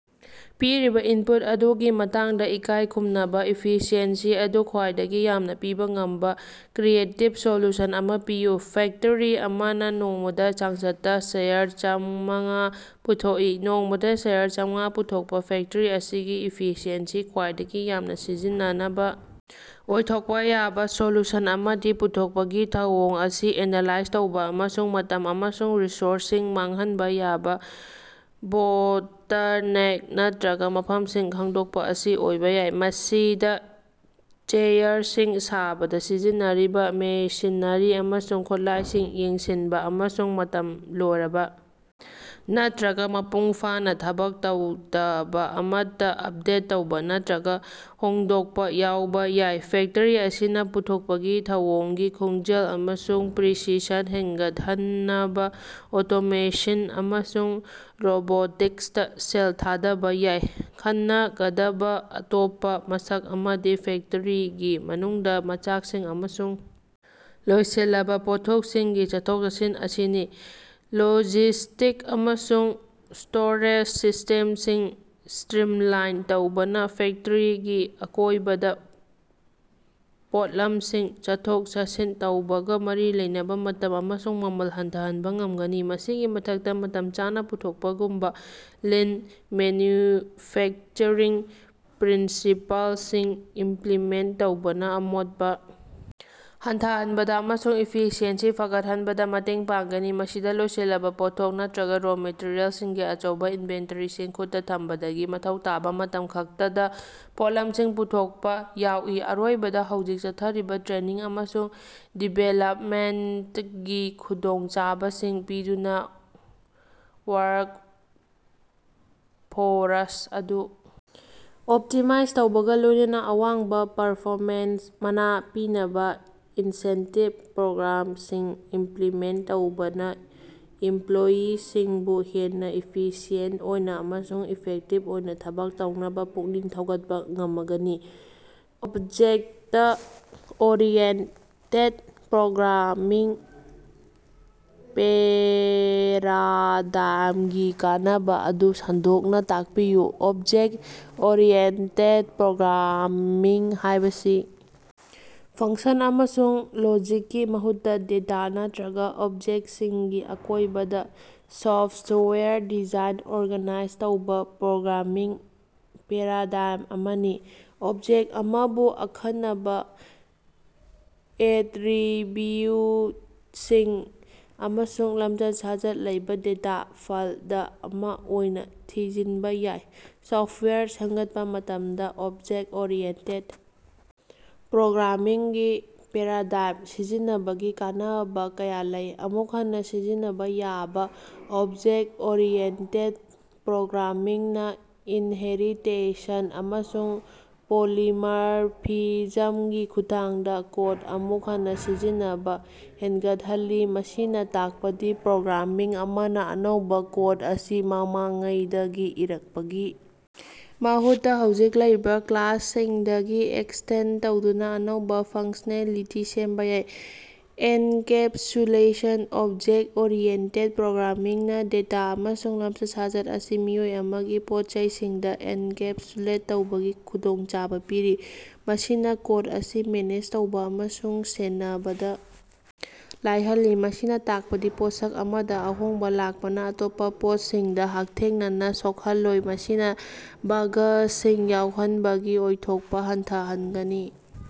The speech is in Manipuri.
ꯄꯤꯔꯤꯕ ꯏꯟꯄꯨꯠ ꯑꯗꯨꯒꯤ ꯃꯇꯥꯡꯗ ꯏꯀꯥꯏ ꯈꯨꯝꯅꯅ, ꯏꯐꯤꯁꯤꯑꯦꯟꯁꯤ ꯑꯗꯨ ꯈ꯭ꯋꯥꯏꯗꯒꯤ ꯌꯥꯝꯅ ꯄꯤꯕ ꯉꯝꯕ ꯀ꯭ꯔꯤꯌꯦꯇꯤꯚ ꯁꯣꯂꯨꯁꯟ ꯑꯃ ꯄꯤꯌꯨ꯫ ꯐꯦꯛꯇꯔꯤ ꯑꯃꯅ ꯅꯣꯡꯃꯗ ꯆꯥꯡꯆꯠꯇ ꯆꯦꯌꯔ ꯆꯥꯃꯉꯥ ꯄꯨꯊꯣꯛꯏ꯫ ꯅꯣꯡꯃꯗ ꯆꯦꯌꯔ ꯆꯥꯃꯉꯥ ꯄꯨꯊꯣꯛꯄ ꯐꯦꯛꯇꯔꯤ ꯑꯁꯤꯒꯤ ꯏꯐꯤꯁꯤꯑꯦꯟꯁꯤ ꯈ꯭ꯋꯥꯏꯗꯒꯤ ꯌꯥꯝꯅ ꯁꯤꯖꯤꯟꯅꯅꯕ ꯑꯣꯏꯊꯣꯛꯄ ꯌꯥꯕ ꯁꯣꯂꯨꯁꯟ ꯑꯃꯗꯤ ꯄꯨꯊꯣꯛꯄꯒꯤ ꯊꯧꯑꯣꯡ ꯑꯁꯤ ꯑꯦꯅꯂꯥꯏꯖ ꯇꯧꯕ ꯑꯃꯁꯨꯡ ꯃꯇꯝ ꯑꯃꯁꯨꯡ ꯔꯤꯁꯣꯔꯁꯁꯤꯡ ꯃꯥꯡꯍꯟꯕ ꯌꯥꯕ ꯕꯣꯇꯜꯅꯦꯛ ꯅꯠꯇ꯭ꯔꯒ ꯃꯐꯝꯁꯤꯡ ꯈꯪꯗꯣꯛꯄ ꯑꯁꯤ ꯑꯣꯏꯕ ꯌꯥꯏ꯫ ꯃꯁꯤꯗ ꯆꯦꯌꯔꯁꯤꯡ ꯁꯥꯕꯗ ꯁꯤꯖꯤꯟꯅꯔꯤꯕ ꯃꯦꯁꯤꯅꯔꯤ ꯑꯃꯁꯨꯡ ꯈꯨꯠꯂꯥꯏꯁꯤꯡ ꯌꯦꯡꯁꯤꯟꯕ ꯑꯃꯁꯨꯡ ꯃꯇꯝ ꯂꯣꯏꯔꯕ ꯅꯠꯇ꯭ꯔꯒ ꯃꯄꯨꯡ ꯐꯥꯅ ꯊꯕꯛ ꯇꯧꯗꯕ ꯑꯃꯠꯇ ꯑꯞꯗꯦꯠ ꯇꯧꯕ ꯅꯠꯇ꯭ꯔꯒ ꯍꯣꯡꯗꯣꯛꯄ ꯌꯥꯎꯕ ꯌꯥꯏ꯫ ꯐꯦꯛꯇꯔꯤ ꯑꯁꯤꯅ ꯄꯨꯊꯣꯛꯄꯒꯤ ꯊꯧꯑꯣꯡꯒꯤ ꯈꯣꯡꯖꯦꯜ ꯑꯃꯁꯨꯡ ꯄ꯭ꯔꯤꯁꯤꯁꯟ ꯍꯦꯟꯒꯠꯍꯟꯅꯕ ꯑꯣꯇꯣꯃꯦꯁꯤꯟ ꯑꯃꯁꯨꯡ ꯔꯣꯕꯣꯇꯤꯛꯁꯇ ꯁꯦꯜ ꯊꯥꯗꯕ ꯌꯥꯏ꯫ ꯈꯟꯅꯒꯗꯕꯥꯑꯇꯣꯞꯄ ꯃꯁꯛ ꯑꯃꯗꯤ ꯐꯦꯛꯇꯔꯤꯒꯤ ꯃꯅꯨꯡꯗ ꯃꯆꯥꯛꯁꯤꯡ ꯑꯃꯁꯨꯡ ꯂꯣꯏꯁꯤꯜꯂꯕ ꯄꯣꯠꯊꯣꯛꯁꯤꯡꯒꯤ ꯆꯠꯊꯣꯛ-ꯆꯠꯁꯤꯟ ꯑꯁꯤꯅꯤ꯫ ꯂꯣꯖꯤꯁ꯭ꯇꯤꯛꯁ ꯑꯃꯁꯨꯡ ꯁ꯭ꯇꯣꯔꯦꯖ ꯁꯤꯁꯇꯦꯝꯁꯤꯡ ꯁꯇ꯭ꯔꯤꯝꯂꯥꯏꯟ ꯇꯧꯕꯅ ꯐꯦꯛꯇꯔꯤꯒꯤ ꯑꯀꯣꯏꯕꯗ ꯄꯣꯠꯂꯝꯁꯤꯡ ꯆꯠꯊꯣꯛ-ꯆꯠꯁꯤꯟ ꯇꯧꯕꯒꯥ ꯃꯔꯤ ꯂꯩꯅꯕ ꯃꯇꯝ ꯑꯃꯁꯨꯡ ꯃꯃꯜ ꯍꯟꯊꯍꯟꯕ ꯉꯝꯒꯅꯤ꯫ ꯃꯁꯤꯒꯤ ꯃꯊꯛꯇ, ꯃꯇꯝ ꯆꯥꯅ ꯄꯨꯊꯣꯛꯄꯒꯨꯝꯕ ꯂꯤꯟ ꯃꯦꯅ꯭ꯌꯨꯐꯦꯛꯆꯔꯤꯡ ꯄ꯭ꯔꯤꯟꯁꯤꯄꯥꯜꯁꯤꯡ ꯏꯝꯄ꯭ꯂꯤꯃꯦꯟꯇ ꯇꯧꯕꯅ ꯑꯃꯣꯠꯄ ꯍꯟꯊꯍꯟꯕꯗ ꯑꯃꯁꯨꯡ ꯏꯐꯤꯁꯤꯑꯦꯟꯁꯤ ꯐꯒꯠꯍꯟꯕꯗ ꯃꯇꯦꯡ ꯄꯥꯡꯒꯅꯤ꯫ ꯃꯁꯤꯗ ꯂꯣꯏꯁꯤꯜꯂꯕ ꯄꯣꯠꯊꯣꯛꯁꯤꯡ ꯅꯠꯇ꯭ꯔꯒ ꯔꯣ ꯃꯦꯇꯔꯤꯌꯦꯜꯁꯤꯡꯒꯤ ꯑꯆꯧꯕ ꯏꯟꯚꯦꯟꯇꯔꯤꯁꯤꯡ ꯈꯨꯠꯇ ꯊꯝꯕꯗꯒꯤ ꯃꯊꯧ ꯇꯥꯕ ꯃꯇꯝ ꯈꯛꯇꯗ ꯄꯣꯠꯂꯝꯁꯤꯡ ꯄꯨꯊꯣꯛꯄ ꯌꯥꯎꯏ꯫ ꯑꯔꯣꯏꯕꯗ, ꯍꯧꯖꯤꯛ ꯆꯠꯊꯔꯤꯕ ꯇ꯭ꯔꯦꯅꯤꯡ ꯑꯃꯁꯨꯡ ꯗꯤꯚꯦꯂꯞꯃꯦꯟꯇꯒꯤ ꯈꯨꯗꯣꯡꯆꯥꯕꯁꯤꯡ ꯄꯤꯗꯨꯅ ꯋ꯭ꯥꯔ꯭ꯛꯐꯣꯔꯁ ꯑꯗꯨ ꯑꯣꯞꯇꯤꯃꯥꯏꯖ ꯇꯧꯕꯒ ꯂꯣꯏꯅꯅ, ꯑꯋꯥꯡꯕ ꯄꯔꯐꯣꯃꯦꯟꯁꯇ ꯃꯅꯥ ꯄꯤꯅꯕ ꯏꯟꯁꯦꯟꯇꯤꯚ ꯄ꯭ꯔꯣꯒ꯭ꯔꯥꯝꯁꯤꯡ ꯏꯝꯄ꯭ꯂꯤꯃꯦꯟꯇ ꯇꯧꯕꯅ ꯏꯝꯄ꯭ꯂꯣꯌꯤꯁꯤꯡꯕꯨ ꯍꯦꯟꯅ ꯏꯐꯤꯁꯤꯑꯦꯟꯇ ꯑꯣꯏꯅ ꯑꯃꯁꯨꯡ ꯏꯐꯦꯛꯇꯤꯚ ꯑꯣꯏꯅ ꯊꯕꯛ ꯇꯧꯅꯕ ꯄꯨꯛꯅꯤꯡ ꯊꯧꯒꯠꯄ ꯉꯃꯒꯅꯤ꯫ ꯑꯣꯕꯖꯦꯛꯇ-ꯑꯣꯔꯤꯑꯦꯟꯇꯦꯗ ꯄ꯭ꯔꯣꯒ꯭ꯔꯥꯃꯤꯡ ꯄꯦꯔꯥꯗꯥꯏꯝꯒꯤ ꯀꯥꯟꯅꯕ ꯑꯗꯨ ꯁꯟꯗꯣꯛꯅ ꯇꯥꯛꯄꯤꯌꯨ꯫ ꯑꯣꯕꯖꯦꯛ-ꯑꯣꯔꯤꯑꯦꯟꯇꯦꯗ ꯄ꯭ꯔꯣꯒ꯭ꯔꯥꯃꯤꯡ ꯍꯥꯢꯕꯁꯤ ꯐꯪꯁꯟ ꯑꯃꯁꯨꯡ ꯂꯣꯖꯤꯛꯀꯤ ꯃꯍꯨꯠꯇ ꯗꯦꯇꯥ, ꯅꯠꯇ꯭ꯔꯒ ꯑꯣꯕꯖꯦꯛꯁꯤꯡꯒꯤ ꯑꯀꯣꯏꯕꯗ ꯁꯣꯐꯋꯥꯌꯔ ꯗꯤꯖꯥꯏꯟ ꯑꯣꯔꯒꯥꯅꯥꯏꯖ ꯇꯧꯕ ꯄ꯭ꯔꯣꯒ꯭ꯔꯥꯃꯤꯡ ꯄꯦꯔꯥꯗꯥꯏꯝ ꯑꯃꯅꯤ꯫ ꯑꯣꯕꯖꯦꯛ ꯑꯃꯕꯨ ꯑꯈꯟꯅꯕ ꯑꯦꯠꯔꯤꯕꯤꯎꯇꯁꯤꯡ ꯑꯃꯁꯨꯡ ꯂꯝꯆꯠ-ꯁꯥꯖꯠ ꯂꯩꯕ ꯗꯦꯇꯥ ꯐꯥꯜꯗ ꯑꯃ ꯑꯣꯏꯅ ꯊꯤꯖꯤꯟꯕ ꯌꯥꯏ꯫ ꯁꯣꯐꯋꯥꯌꯔ ꯁꯦꯞꯒꯠꯄ ꯃꯇꯝꯗ ꯑꯣꯕꯖꯦꯛ ꯑꯣꯔꯤꯌꯦꯟꯇꯦꯠ ꯄ꯭ꯔꯣꯒ꯭ꯔꯥꯃꯤꯡ ꯒꯤ ꯄꯦꯔꯥꯗꯥꯏꯝ ꯁꯤꯖꯤꯟꯅꯕꯒꯤ ꯀꯥꯟꯅꯕ ꯀꯌꯥ ꯂꯩ: ꯑꯃꯨꯛ ꯍꯟꯅ ꯁꯤꯖꯤꯟꯅꯕ ꯌꯥꯕ: ꯑꯣꯕꯖꯦꯛ ꯑꯣꯔꯤꯌꯦꯟꯇꯦꯠ ꯄ꯭ꯔꯣꯒ꯭ꯔꯥꯃꯤꯡ ꯅ ꯏꯟꯍꯦꯔꯤꯇꯦꯁꯟ ꯑꯃꯁꯨꯡ ꯄꯣꯂꯤꯃꯔꯐꯤꯖꯝꯒꯤ ꯈꯨꯠꯊꯥꯡꯗ ꯀꯣꯗ ꯑꯃꯨꯛ ꯍꯟꯅ ꯁꯤꯖꯤꯟꯅꯕ ꯍꯦꯟꯒꯠꯍꯜꯂꯤ꯫ ꯃꯁꯤꯅ ꯇꯥꯛꯄꯗꯤ ꯄ꯭ꯔꯣꯒ꯭ꯔꯥꯃꯔ ꯑꯃꯅ ꯑꯅꯧꯕ ꯀꯣꯗ ꯑꯁꯤ ꯃꯃꯥꯡꯉꯩꯗꯒꯤ ꯏꯔꯛꯄꯒꯤ ꯃꯍꯨꯠꯇ, ꯍꯧꯖꯤꯛ ꯂꯩꯔꯤꯕ ꯀ꯭ꯂꯥꯁꯁꯤꯡꯗꯒꯤ ꯑꯦꯛꯁꯇꯦꯟꯗ ꯇꯧꯗꯨꯅ ꯑꯅꯧꯕ ꯐꯪꯁꯅꯦꯂꯤꯇꯤ ꯁꯦꯝꯕ ꯌꯥꯏ꯫ ꯑꯦꯟꯀꯦꯞꯁꯨꯂꯦꯁꯟ: ꯑꯣꯕꯖꯦꯛ ꯑꯣꯔꯤꯌꯦꯟꯇꯦꯠ ꯄ꯭ꯔꯣꯒ꯭ꯔꯥꯃꯤꯡ ꯅ ꯗꯦꯇꯥ ꯑꯃꯁꯨꯡ ꯂꯝꯆꯠ-ꯁꯥꯖꯠ ꯑꯁꯤ ꯃꯤꯑꯣꯏ ꯑꯃꯒꯤ ꯄꯣꯠꯆꯩꯁꯤꯡꯗ ꯑꯦꯟꯀꯦꯞꯁꯨꯂꯦꯠ ꯇꯧꯕꯒꯤ ꯈꯨꯗꯣꯡꯆꯥꯕ ꯄꯤꯔꯤ, ꯃꯁꯤꯅ ꯀꯣꯗ ꯑꯁꯤ ꯃꯦꯅꯦꯖ ꯇꯧꯕ ꯑꯃꯁꯨꯡ ꯁꯦꯟꯅꯕꯗ ꯂꯥꯏꯍꯜꯂꯤ꯫ ꯃꯁꯤꯅ ꯇꯥꯛꯄꯗꯤ ꯄꯣꯠꯁꯛ ꯑꯃꯗ ꯑꯍꯣꯡꯕ ꯂꯥꯛꯄꯅ ꯑꯇꯣꯞꯄ ꯄꯣꯠꯁꯤꯡꯗ ꯍꯛꯊꯦꯡꯅꯅ ꯁꯣꯛꯍꯜꯂꯣꯏ, ꯃꯁꯤꯅ ꯕꯥꯒꯁꯤꯡ ꯌꯥꯎꯍꯟꯕꯒꯤ ꯑꯣꯏꯊꯣꯛꯄ ꯍꯟꯊꯍꯟꯒꯅꯤ꯫